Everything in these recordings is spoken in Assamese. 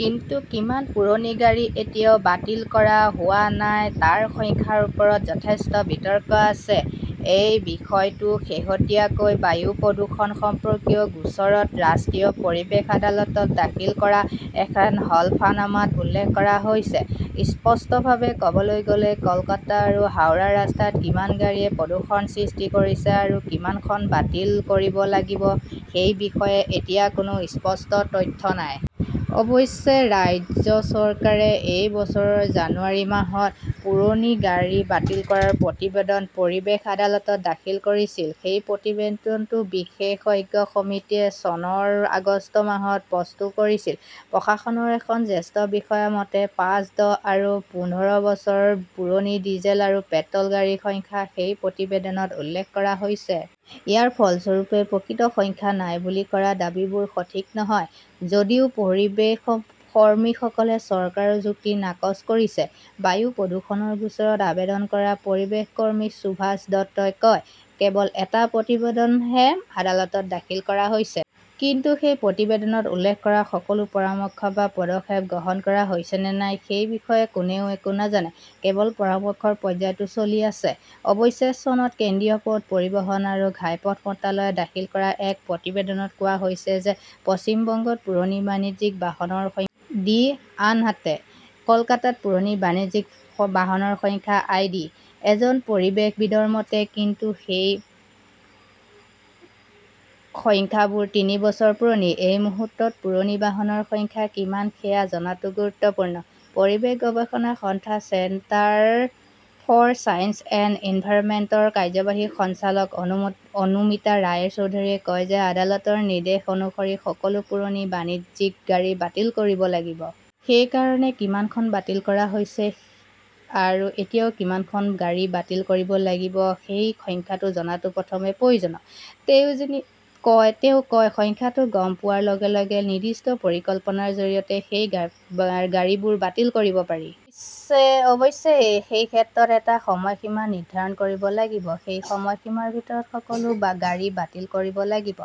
কিন্তু কিমান পুৰণি গাড়ী এতিয়াও বাতিল কৰা হোৱা নাই তাৰ সংখ্যাৰ ওপৰত যথেষ্ট বিতৰ্ক আছে। এই বিষয়টো শেহতীয়াকৈ বায়ু প্ৰদূষণ সম্পৰ্কীয় গোচৰত ৰাষ্ট্ৰীয় পৰিৱেশ আদালতত দাখিল কৰা এখন হলফনামাত উল্লেখ কৰা হৈছে। স্পষ্টভাৱে ক "বলৈ গ" লে, কলকাতা আৰু হাওৰাৰ ৰাস্তাত কিমান গাড়ীয়ে প্ৰদূষণৰ সৃষ্টি কৰিছে আৰু কিমানখন বাতিল কৰিব লাগিব সেই বিষয়ে এতিয়াও কোনো স্পষ্ট তথ্য নাই। অৱশ্যে, ৰাজ্য চৰকাৰে এই বছৰৰ জানুৱাৰী মাহত পুৰণি গাড়ী বাতিল কৰাৰ প্ৰতিবেদন পৰিৱেশ আদালতত দাখিল কৰিছিল। সেই প্ৰতিবেদনটো বিশেষজ্ঞ সমিতিয়ে চনৰ আগষ্ট মাহত প্ৰস্তুত কৰিছিল। প্ৰশাসনৰ এজন জ্যেষ্ঠ বিষয়াসকলৰ মতে, "পাঁচ, দহ আৰু পোন্ধৰ বছৰ পুৰণি ডিজেল আৰু পেট্ৰ" ল গাড়ীৰ সংখ্যা সেই প্ৰতিবেদনত উল্লেখ কৰা হৈছে। ইয়াৰ ফলস্বৰূপে, প্ৰকৃত সংখ্যা নাই বুলি কৰা দাবীবোৰ সঠিক নহয়। "যদিও পৰিৱেশ কৰ্মীসকলে চৰকাৰৰ যুক্তি নাকচ কৰিছে। বায়ু প্ৰদূষণৰ গোচৰত আবেদন কৰা পৰিৱেশ কৰ্মী সুভাষ দত্তই কয়, "কেৱল এটা প্ৰতিবেদনহে আদালতত দাখিল কৰা হৈছে। কিন্তু সেই প্ৰতিবেদনত উল্লেখ কৰা সকলো পৰামৰ্শ বা পদক্ষেপ গ্ৰহণ কৰা হৈছে নে নাই সেই বিষয়ে কোনেও একো নাজানে। কেৱল পৰামৰ্শৰ পৰ্যায়টো চলি আছে। "অৱশ্যে, চনত কেন্দ্ৰীয় পথ, পৰিবহণ আৰু ঘাইপথ মন্ত্ৰালয়ে দাখিল কৰা এক প্ৰতিবেদনত কোৱা হৈছিল যে পশ্চিম বংগত পুৰণি বাণিজ্যিক বাহনৰ সংখ্যা আই. ডি.। আনহাতে, কলকাতাত পুৰণি বাণিজ্যিক বাহনৰ সংখ্যা আই. ডি.। এজন পৰিৱেশবিদৰ মতে," কিন্তু সেই সংখ্যাবোৰ তিনি বছৰ পুৰণি। এই মুহূৰ্তত পুৰণি বাহনৰ সংখ্যা কিমান সেয়া জনাটো গুৰুত্বপূৰ্ণ। "পৰিৱেশ গৱেষণা সংস্থা centre for science and environment ৰ কাৰ্যবাহী সঞ্চালক অনুমিতা ৰায়চৌধৰীয়ে কয় যে আদালতৰ নিৰ্দেশ অনুসৰি সকলো পুৰণি বাণিজ্যিক গাড়ী বাতিল কৰিব লাগিব। সেই কাৰণে কিমানখন বাতিল কৰা হৈছে আৰু এতিয়াও কিমানখন গাড়ী বাতিল কৰিব লাগিব সেই সংখ্যাটো জনাটো প্ৰথমে প্ৰয়োজনীয়। তেওঁ কয়, "সংখ্যাটো গম পোৱাৰ লগে লগে নিৰ্দিষ্ট পৰিকল্পনাৰ জৰিয়তে সেই গাড়ীবোৰ বাতিল কৰিব পাৰি। অৱশ্যে, সেই ক্ষেত্ৰত এটা সময়সীমা নিৰ্ধাৰণ কৰিব লাগিব। সেই সময়সীমাৰ ভিতৰত সকলো গাড়ী বাতিল কৰিব লাগিব।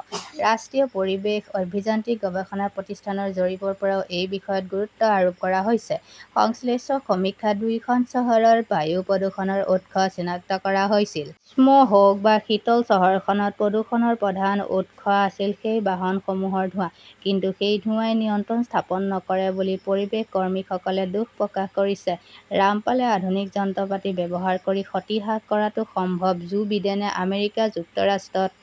"ৰাষ্ট্ৰীয় পৰিৱেশ অভিযান্ত্ৰিক গৱেষণা প্ৰতিষ্ঠান ৰ জৰীপৰ পৰাও এই বিষয়ত গুৰুত্ব আৰোপ কৰা হৈছে। সংশ্লিষ্ট সমীক্ষাত দুয়োখন চহৰৰ বায়ু প্ৰদূষণৰ উৎস চিনাক্ত কৰা হৈছিল। গ্ৰীষ্মকাল হওক বা শীতকাল, চহৰখনত প্ৰদূষণৰ প্ৰধান উৎস আছিল সেই বাহনসমূহৰ ধোঁৱা। কিন্তু সেই ধোঁৱাই নিয়ন্ত্ৰণ স্থাপন নকৰে বুলি পৰিৱেশ কৰ্মীসকলে দুখ প্ৰকাশ কৰিছে। ৰামপালে আধুনিক যন্ত্ৰপাতি ব্যৱহাৰ কৰি ক্ষতি হ্ৰাস কৰাটো সম্ভৱ " জো বিডেনে আমেৰিকা যুক্তৰাষ্ট্ৰত